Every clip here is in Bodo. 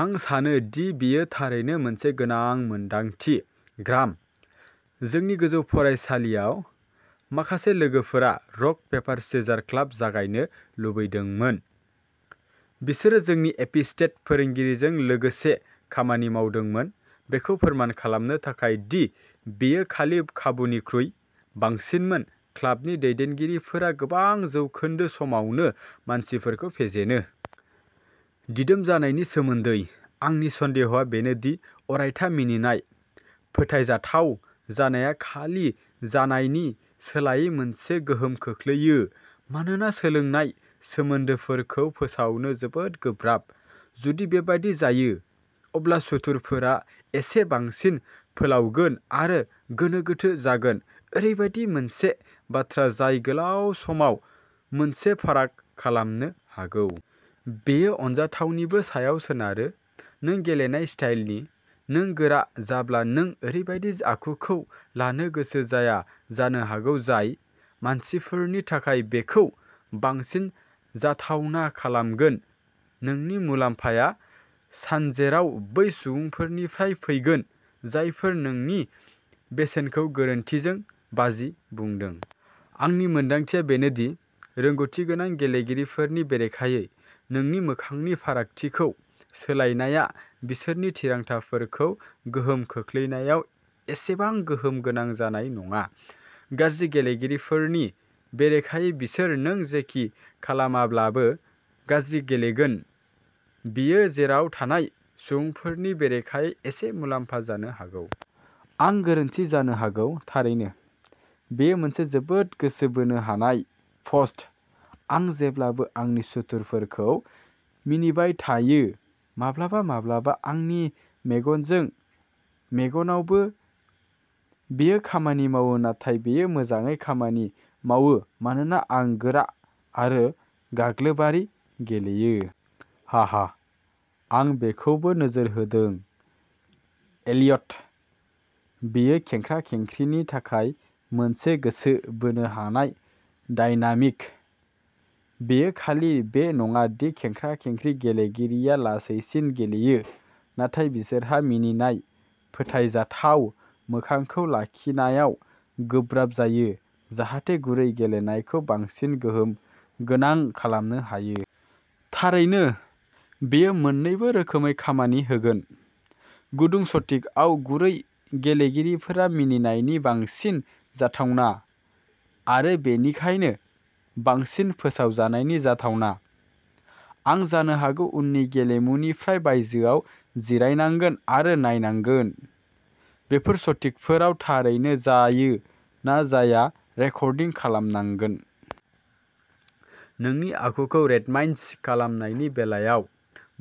आं सानो दि बेयो थारैनो मोनसे गोनां मोनदांथि, ग्राहाम। जोंनि गोजौ फरायसालिआव, माखासे लोगोफोरा "रक पेपार सिजर" क्लाब जागायनो लुबैदोंमोन। बिसोरो जोंनि एपी स्टेट फोरोंगिरिजों लोगोसे खामानि मावदोंमोन बेखौ फोरमान खालामनो थाखाय दि बेयो खालि खाबुनिख्रुइ बांसिनमोन-क्लाबनि दैदेनगिरिफोरा गोबां जौखोन्दो समावनो मानसिफोरखौ फेजेनो। दिदोम जानायनि सोमोन्दैः आंनि सन्देहआ बेनो दि अरायथा मिनिनाय/फोथायजाथाव जानाया खालि जानायनि सोलायै मोनसे गोहोम खोख्लैयो मानोना सोलोंनाय सोमोन्दोफोरखौ सोमावनो जोबोद गोब्राब। जुदि बेबादि जायो, अब्ला सुथुरफोरा एसे बांसिन फोलावगोन आरो गोनो-गोथो जागोन-ओरैबायदि मोनसे बाथ्रा जाय गोलाव समाव मोनसे फाराग खालामनो हागौ। बेयो अनजाथावनिबो सायाव सोनारो। नों गेलेनाय स्टाइलनि। नों गोरा जाब्ला, नों ओरैबादि आखुखौ लानो गोसो जाया जानो हागौ जाय मानसिफोरनि थाखाय बेखौ बांसिन जाथावना खालामगोन, नोंनि मुलाम्फाया सानजेराव बै सुबुंफोरनिफ्राय फैगोन जायफोरा नोंनि बेसेनखौ गोरोन्थिजों बाजि बुंदों। आंनि मोनदांथिया बेनो दि रोंग'थि गोनां गेलेगिरिफोरनि बेरेखायै, नोंनि मोखांनि फोरमायथिखौ सोलायनाया बिसोरनि थिरांथाफोरखौ गोहोम खोख्लैनायाव एसेबां गोहोम गोनां जानाय नङा। गाज्रि गेलेगिरिफोरनि बेरेखायै, बिसोर नों जेखि खालामब्लाबो गाज्रि गेलेगोन। बेयो गेजेराव थानाय सुबुंफोरनि बेरेखायै एसे मुलाम्फा जानो हागौ। आं गोरोन्थि जानो हागौ, थारैनो। बेयो मोनसे जोबोद गोसो बोनो हानाय पस्ट। आं जेब्लाबो आंनि सुथुरफोरखौ मिनिबाय थायो। माब्लाबा माब्लाबा आंनि मेगनजों मेगनावबो। बेयो खामानि मावो नाथाय बेयो मोजाङै खामानि मावो'मानोना आं गोरा आरो गाग्लोबारि गेलेयो। हाहा, आं बेखौबो नोजोर होदों, एलियट! बेयो खेंख्रा-खेंख्रिनि थाखाय मोनसे गोसो बोनो हानाय डायनामिक। बेयो खालि बे नङा दि खेंख्रा-खेंख्रि गेलेगिरिया लासैसिन गेलेयो, नाथाय बिसोरहा मिनिनाय, फोथायजाथाव मोखांखौ लाखिनायाव गोब्राब जायो, जाहाथे गुरै गेलेनायखौ बांसिन गोहोम गोनां खालामनो हायो। थारैनो, बेयो मोन्नैबो रोखोमै खामानि होगोन। गुदुं सटिकआव गुरै गेलेगिरिफोरा मिनिनायनि बांसिन जाथावना, आरो बेनिखायनो बांसिन फोलावजानायनि जाथावना। आं जानो हागौ उननि गेलेमुनिफ्राय बायजोआव जिरायनांगोन आरो नायनांगोन, बेफोर सटिकफोरा थारैनो जायो ना जाया रेकर्डिं खालामनांगौ। नोंनि आखुखौ रेन्डमाइज खालामनायनि बेलायाव,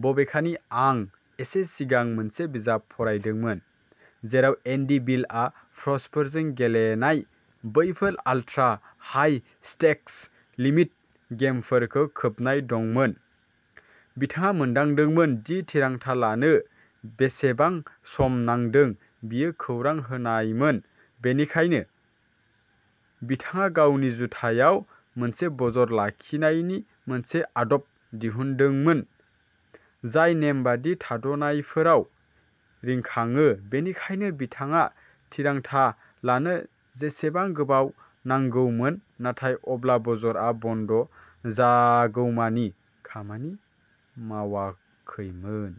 बबेखानि, आं एसे सिगां मोनसे बिजाब फरायदोंमोन, जेराव एन्डि बिलआ प्र'सफोरजों गेलेनाय बैफोर आल्ट्रा-हाइ स्टेक्स लिमिट गेमफोरखौ खोबनाय दंमोन। बिथाङा मोनदांदोंमोन दि थिरांथा लानो बेसेबां सम नांदों बियो खौरां होनायमोन, बेनिखायनो बिथाङा गावनि जुथायाव मोनसे बजर लाखिनायनि मोनसे आदब दिहुनदोंमोन, जाय नेमबादि थाद'नायफोराव रिंखाङो, बेनिखायनो बिथाङा थिरांथा लानो जेसेबां गोबाव नांगौमोन, नाथाय अब्ला बजरआ बन्द जायागौमानि खामानि मावाखैमोन।